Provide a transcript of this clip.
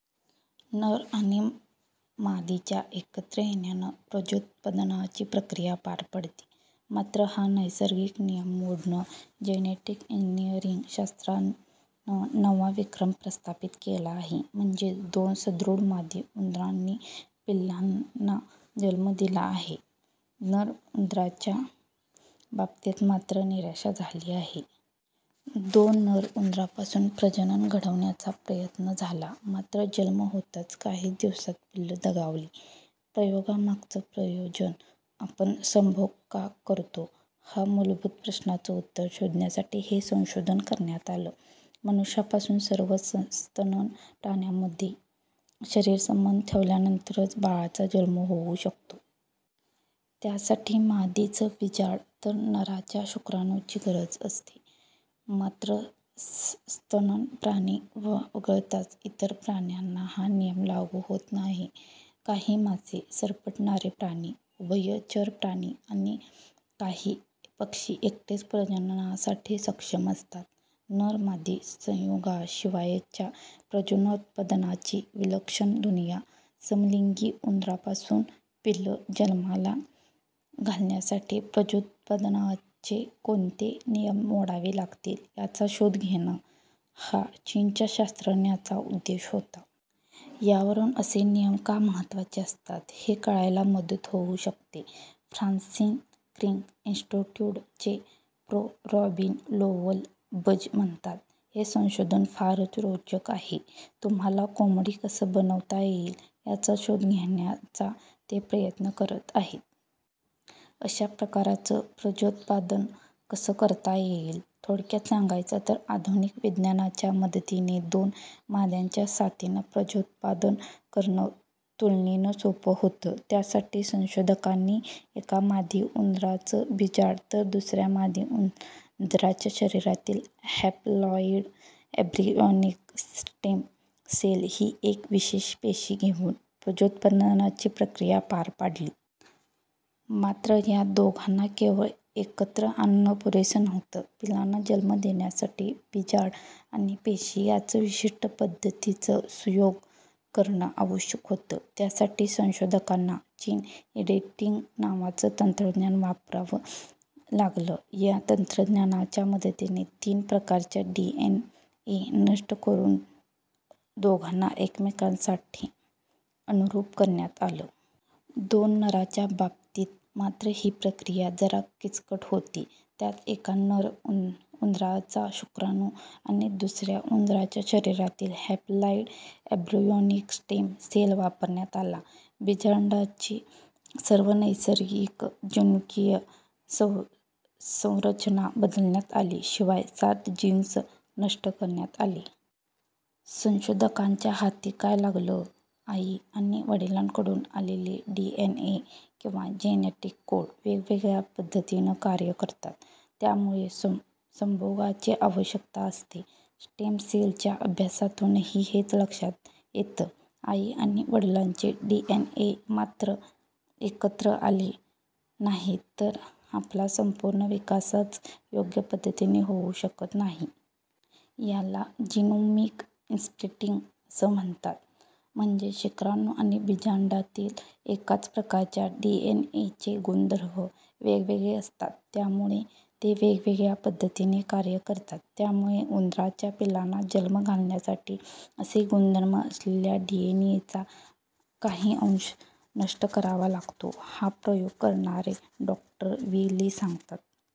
नर आणि मादीच्या एकत्र येण्यानं प्रजोत्पादनाची प्रक्रिया पार पडते. मात्र हा नैसर्गिक नियम मोडत जेनेटिक इंजनिअरिंग शास्त्रानं नवा विक्रम प्रस्थापित केला आहे. म्हणजेच दोन सुदृढ मादी उंदरांनी पिल्लांना जन्म दिला आहे. नर उंदरांच्या बाबतीत मात्र निराशा झाली आहे. दोन नर उंदरांपासून प्रजनन घडवण्याचा प्रयत्न झाला. मात्र जन्म होताच काहीच दिवसांत पिल्लं दगावली. प्रयोगामागचं प्रयोजन आपण संभोग का करतो, या मूलभूत प्रश्नाचं उत्तर शोधण्यासाठी हे संशोधन करण्यात आलं. मनुष्यापासून सर्वच सस्तन प्राण्यांमध्ये शरीरसंबंध ठेवल्यानंतरच बाळाचा जन्म होऊ शकतो. त्यासाठी मादीचं बिजांड तर नराच्या शुक्राणुंची गरज असते. मात्र सस्तन प्राणी वगळता इतर प्राण्यांना हा नियम लागू होत नाही. काही मासे, सरपटणारे प्राणी, उभयचर प्राणी आणि काही पक्षी एकटेच प्रजननासाठी सक्षम असतात. नर-मादी संयोगाशिवायच्या प्रजोत्पादनाची विलक्षण दुनिया समलिंगी उंदरांपासून पिल्लं जन्माला घालण्यासाठी प्रजोत्पादनाचे कोणते नियम मोडावे लागतील, याचा शोध घेणं, हा चीनच्या शास्त्रज्ञांचा उद्देश होता. यावरून असे नियम का महत्त्वाचे असतात, हे कळायला मदत होऊ शकते. फ्रान्सिस क्रिक इन्स्टिट्युटचे प्रो. रॉबिन लोव्हल-बज म्हणतात हे संशोधन फारच रोचक आहे. तुम्हाला कोंबडी कसं बनवता येईल, याचा शोध घेण्याचा ते प्रयत्न करत आहेत. अशा प्रकारचं प्रजोत्पादन कसं करता येईल? थोडक्यात सांगायचं तर आधुनिक विज्ञानाच्या मदतीनं दोन माद्यांच्या साथीनं प्रजोत्पादन करणं तुलनेनं सोप होतं. त्यासाठी संशोधकांनी एका मादी उंदराचं बिजांड तर दुसऱ्या मादी उंदराच्या शरिरातील हॅपलॉईड एम्ब्रियॉनिक स्टेम सेल ही एक विशेष पेशी घेऊन प्रजोत्पादनाची प्रक्रिया पार पाडली. मात्र या दोघांना केवळ एकत्र आणणं पुरेसं नव्हतं. पिल्लांना जन्म देण्यासाठी बिजांड आणि पेशी यांचं विशिष्ट पद्धतीनं संयुग करणं आवश्यक होतं. त्यासाठी संशोधकांना जिन एडिटिंग नावाचं तंत्रज्ञान वापरावं लागलं. या तंत्रज्ञानाच्या मदतीने तीन प्रकारचे डीएनए नष्ट करून दोघांना एकमेकांसाठी अनुरुप करण्यात आलं. दोन नरांच्या बाबतीत मात्र ही प्रक्रिया जरा किचकट होती. त्यात एका नर उंदराचा शुक्राणू आणि दुसऱ्या उंदराच्या शरिरातील हॅपलॉईड एम्ब्रियॉनिक स्टेम सेल वापरण्यात आला. बिजांडाची सर्वं नैसर्गिक जनुकीय संरचना बदलण्यात आली. शिवाय सात जिन्स नष्ट करण्यात आले. संशोधकांच्या हाती काय लागलं? आई आणि वडिलांकडून आलेले डीएनए किंवा जेनेटिक कोड वेगवेगळ्या पद्धतीनं कार्य करतात. त्यामुळे संभोगाची आवश्यकता असते. स्टेम सेलच्या अभ्यासातूनही हेच लक्षात येतं. आई आणि वडिलांचे डीएनए एकत्र आले नाही तर आपला संपूर्ण विकासाच योग्य पद्धतीने होऊ शकत नाही. याला जिनोमिक इम्प्रिंटिंग असं म्हणतात. म्हणजेच शुक्राणू आणि बिजांडातील एकाच प्रकारच्या डीएनएचे गुणधर्म वेगवगळे असतात. त्यामुळे ते वेगवेगळ्या पद्धतीनं कार्य करतात. त्यामुळे उंदरांच्या पिल्लांना जन्माला घालण्यासाठी असे गुणधर्म असलेल्या डीएनएचा काही अंश नष्ट करावा लागतो. हा प्रयोग करणारे डॉ. वी ली सांगतात,